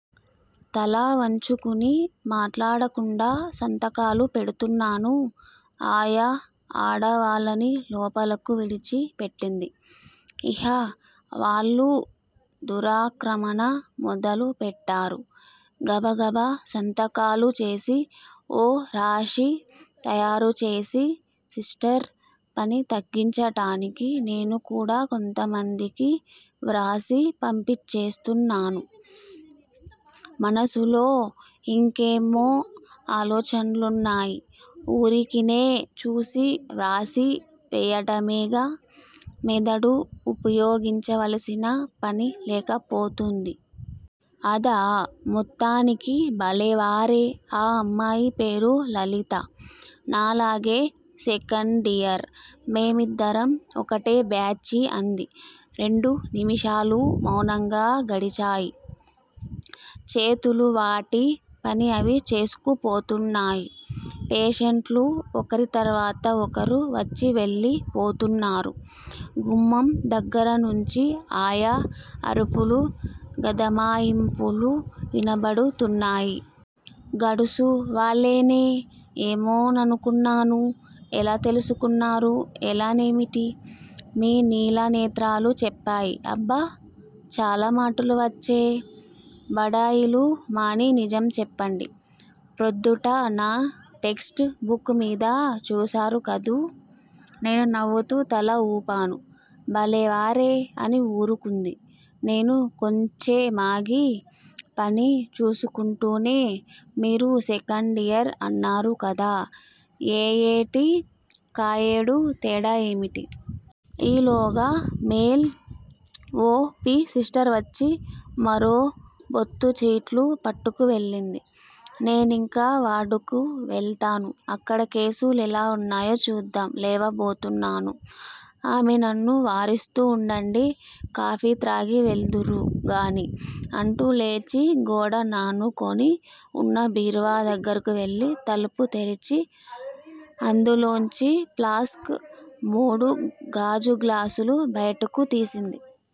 తల వంచుకుని మాట్లాడకుండా సంతకాలు పెడుతున్నాను. ఆయా ఆడవాళ్ళని లోపలకు విడిచి పెట్టింది. ఇహ వాళ్ళు దురాక్రమణ మొదలుపెట్టారు. గబగబ సంతకాలు చేసి ఓ రాశి తయారుచేసి, సిస్టర్ పని తగ్గించటానికి నేను కూడా కొంతమందికి వ్రాసి పంపించేస్తున్నాను. మనసులో యింకేమో ఆలోచన్లున్నాయి. ఊరికినే చూసి వ్రాసి వెయ్యటమేగా, మెదడు ఉపయోగించవలసిన పని లేకపోతూంది. అదా? మొత్తానికి బలేవారే. ఆ అమ్మాయి పేరు లలిత. నాలాగే సెకండియర్. మేమిద్దరం ఒకటే బ్యాచి అంది. రెండు నిమిషాలు మౌనంగా గడిచాయి. చేతులు వాటి పని అవి చేసుకుపోతున్నాయి. పేషెంట్లు ఒకరి తర్వాత ఒకరు వచ్చివెళ్ళిపోతున్నారు. గుమ్మం దగ్గరనుంచి ఆయా అరుపులు, గదమాయింపులు వినబడుతున్నాయి. గడుసు వాళ్ళేనే. ఏమో ననుకున్నాను. ఎలా తెలుసుకున్నారు? ఎలానేమిటి? మీ నీలనేత్రాలు చెప్పాయి. అబ్బా! చాలా మాటలు వచ్చే! బడాయిలు మాని నిజం చెప్పండి. ప్రొద్దుట నా టెక్ట్స్ బుక్ మీద చూశారుకదూ! నేను నవ్వుతూ తల ఊపాను. బలేవారే అని ఊరుకుంది. నేను కొంచెమాగి పని చూసుకుంటూనే మీరు సెకండియర్ అన్నారు కదా, ఏయేటి కాయేడు, తేడా ఏమిటి? ఈలోగా మేల్ ఓ. పి. సిస్టర్ వచ్చి మరో బొత్తు చీట్లు పట్టుకు వెళ్ళింది. నేనింక వార్డుకి వెళ్తాను. అక్కడ కేసు లెలా వున్నాయో చూద్దాం లేవబోతున్నాను. ఆమె నన్ను వారిస్తూ ఉండండి. కాఫీ త్రాగి వెళ్దురు గాని అంటూ లేచి గోడ నానుకొని వున్న బీరువా దగ్గరకు వెళ్ళి, తలుపు తెరిచి అందులోంచి ప్లాస్క్, మూడు గాజుగ్లాసులు బయటకు తీసింది.